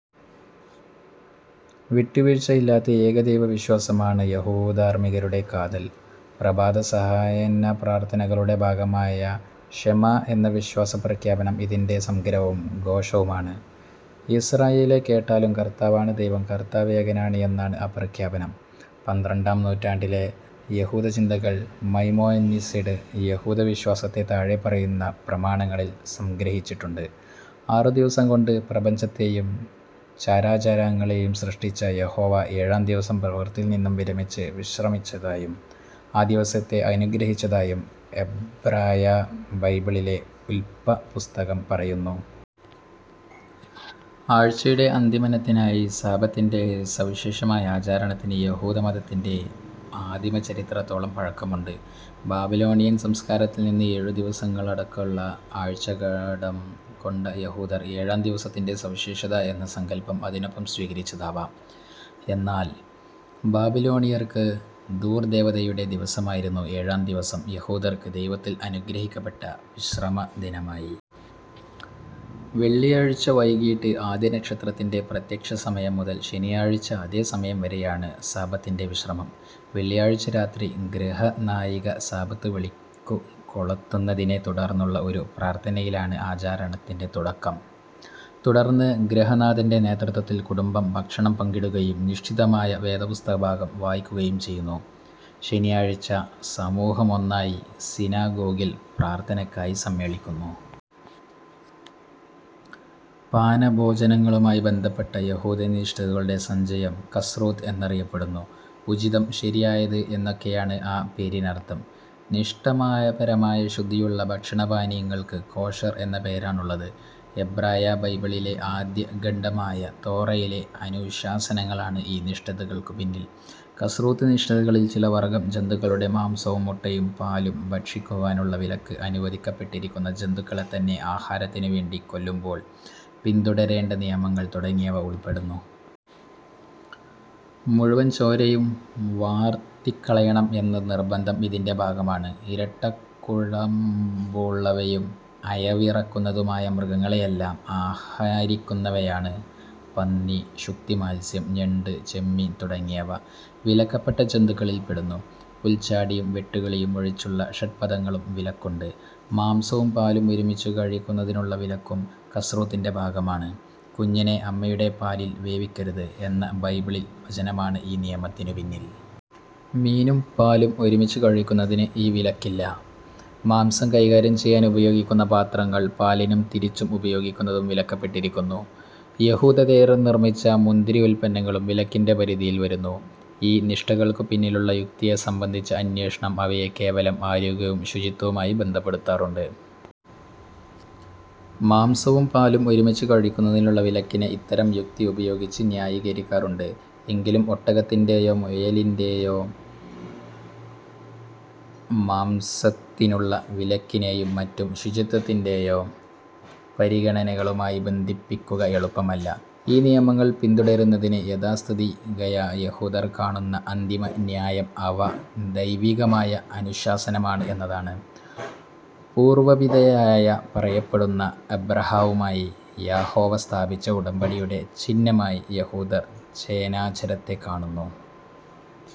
വിട്ടുവീഴ്ചയില്ലാത്ത ഏകദൈവവിശ്വാസമാണ് യഹൂദധാർമ്മികതയുടെ കാതൽ. പ്രഭാത-സായാഹ്നപ്രാർത്ഥനകളുടെ ഭാഗമായ ഷെമാ എന്ന വിശ്വാസപ്രഖ്യാപനം, ഇതിന്റെ സംഗ്രഹവും ഘോഷണവുമാണ്. "യിസ്രായേലേ കേട്ടാലും: കർത്താവാണ് ദൈവം; കർത്താവ് ഏകനാണ്" എന്നാണ് ആ പ്രഖ്യാപനം. പന്ത്രണ്ടാം നൂറ്റാണ്ടിലെ യഹൂദചിന്തകൻ മൈമോനിഡിസ്, യഹൂദവിശ്വാസത്തെ താഴെപ്പറയുന്ന പ്രമാണങ്ങളിൽ സംഗ്രഹിച്ചിട്ടുണ്ട്. ആറുദിവസം കൊണ്ട് പ്രപഞ്ചത്തേയും ചരാചരങ്ങളേയും സൃഷ്ടിച്ച യഹോവ ഏഴാം ദിവസം പ്രവൃത്തിയിൽ നിന്നു വിരമിച്ച് വിശ്രമിച്ചതായും ആ ദിവസത്തെ അനുഗ്രഹിച്ചതായും എബ്രായബൈബിളിലെ ഉല്പത്തിപ്പുസ്തകം പറയുന്നു. ആഴ്ചയുടെ അന്തിമദിനമായ സാബത്തിന്റെ സവിശേഷമായ ആചരണത്തിന് യഹൂദമതത്തിന്റെ ആദിമചരിത്രത്തോളം പഴക്കമുണ്ട്. ബാബിലോണിയൻ സംസ്കാരത്തിൽ നിന്ന് ഏഴു ദിവസങ്ങളുള്ള ആഴ്ച കടം കൊണ്ട യഹൂദർ, ഏഴാം ദിവസത്തിന്റെ സവിശേഷത എന്ന സങ്കല്പവും അതിനൊപ്പം സ്വീകരിച്ചതാവാം. എന്നാൽ ബാബിലോണിയർക്ക് ദുർദ്ദേവതയുടെ ദിവസമായിരുന്ന ഏഴാം ദിവസം യഹൂദർക്ക് ദൈവത്താൽ അനുഗ്രഹിക്കപ്പെട്ട വിശ്രമദിനമായി. വെള്ളിയാഴ്ച വൈകിട്ട് ആദ്യനക്ഷത്രത്തിന്റെ പ്രത്യക്ഷസമയം മുതൽ ശനിയാഴ്ച അതേസമയം വരെയാണ് സബത്തിന്റെ വിശ്രമം. വെള്ളിയാഴ്ച രാത്രി ഗൃഹനായിക സാബത്തു വിളക്കു കൊളുത്തുന്നതിനെ തുടർന്നുള്ള ഒരു പ്രാർത്ഥനയിലാണ് ആചരണത്തിന്റെ തുടക്കം. തുടർന്ന് ഗൃഹനാഥന്റെ നേതൃത്വത്തിൽ കുടുംബം ഭക്ഷണം പങ്കിടുകയും നിശ്ചിതമായ വേദപുസ്തകഭാഗം വായിക്കുകയും ചെയ്യുന്നു. ശനിയാഴ്ച സമൂഹമൊന്നായി സിനഗോഗിൽ പ്രാർത്ഥനക്കായി സമ്മേളിക്കുന്നു. പാനഭോജനങ്ങളുമായി ബന്ധപ്പെട്ട യഹൂദനിഷ്ഠകളുടെ സഞ്ചയം 'കസ്രുത്ത്' എന്നറിയപ്പെടുന്നു. ഉചിതം, ശരിയായത്, എന്നൊക്കെയാണ് ആ പേരിനർത്ഥം. നിഷ്ഠാപരമായ ശുദ്ധിയുള്ള ഭക്ഷണപാനീയങ്ങൾക്ക് 'കോഷർ' എന്ന പേരാണുള്ളത്. എബ്രായബൈബിളിലെ ആദ്യഖണ്ഡമായ തോറയിലെ അനുശാസനങ്ങളാണ് ഈ നിഷ്ഠകൾക്കു പിന്നിൽ. 'കസ്രുത്ത്'-നിഷ്ഠകളിൽ ചില വർഗ്ഗം ജന്തുക്കളുടെ മാംസവും മുട്ടയും പാലും ഭക്ഷിക്കുവാനുള്ള വിലക്ക്; അനുവദിക്കപ്പെട്ടിരിക്കുന്ന ജന്തുക്കളെത്തന്നെ ആഹാരത്തിനു വേണ്ടി കൊല്ലുമ്പോൾ പിന്തുടരേണ്ട നിയമങ്ങൾ തുടങ്ങിയവ ഉൾപ്പെടുന്നു. മുഴുവൻ ചോരയും വാർത്തിക്കളയണം എന്ന നിർബ്ബന്ധം ഇതിന്റെ ഭാഗമാണ്. ഇരട്ടക്കുളമ്പുള്ളവയും അയവിറക്കുന്നവയുമായ മൃഗങ്ങളെല്ലാം ആഹരിക്കാവുന്നവയാണ്. പന്നി, ശുക്തിമത്സ്യം, ഞണ്ട്, ചെമ്മീൻ തുടങ്ങിയവ വിലക്കപ്പെട്ട ജന്തുക്കളിൽ പെടുന്നു. പുൽച്ചാടിയും വെട്ടുക്കിളിയും ഒഴിച്ചുള്ള ഷ്ഡ്പദങ്ങൾക്കും വിലക്കുണ്ട്. മാംസവും പാലും ഒരുമിച്ചു കഴിക്കുന്നതിനുള്ള വിലക്കും കസ്രുത്തിന്റെ ഭാഗമാണ്. "കുഞ്ഞിനെ അമ്മയുടെ പാലിൽ വേവിക്കരുത്" എന്ന ബൈബിൾ വചനമാണ് ഈ നിയമത്തിനു പിന്നിൽ. മീനും പാലും ഒരുമിച്ചു കഴിക്കുന്നതിന് ഈ വിലക്കില്ല. മാംസം കൈകാര്യം ചെയ്യാൻ ഉപയോഗിക്കുന്ന പാത്രങ്ങൾ പാലിനും, തിരിച്ചും ഉപയോഗിക്കുന്നതും വിലക്കപ്പെട്ടിരിക്കുന്നു. യഹൂദേതരർ നിർമ്മിച്ച മുന്തിരി ഉല്പന്നങ്ങളും വിലക്കിന്റെ പരിധിയിൽ വരുന്നു. ഈ നിഷ്ഠകൾക്കു പിന്നിലുള്ള യുക്തിയെ സംബന്ധിച്ച അന്വേഷണം, അവയെ കേവലും ആരോഗ്യവും ശുചിത്വവുമായി ബന്ധപ്പെടുത്താറുണ്ട്. മാംസവും പാലും ഒരുമിച്ചു കഴിക്കുന്നതിനുള്ള വിലക്കിനെ ഇത്തരം യുക്തി ഉപയോഗിച്ചു ന്യായീകരിക്കാറുണ്ട്. എങ്കിലും ഒട്ടകത്തിന്റേയോ മുയലിന്റേയോ മാംസത്തിനുള്ള വിലക്കിനേയും മറ്റും ശുചിത്വത്തിന്റേയോ പരിഗണനകളുമായി ബന്ധിപ്പിക്കുക എളുപ്പമല്ല. ഈ നിയമങ്ങൾ പിന്തുടരുന്നതിന് യാഥാസ്ഥിതികയഹൂദർ കാണുന്ന അന്തിമന്യായം അവ ദൈവികമായ അനുശാസനമാണ് എന്നതാണ്. പൂർവപിതാവായി പറയപ്പെടുന്ന അബ്രാഹവുമായി യഹോവ സ്ഥാപിച്ച ഉടമ്പടിയുടെ ചിഹ്നമായി യഹൂദർ ഛേദനാചാരത്തെ കാണുന്നു.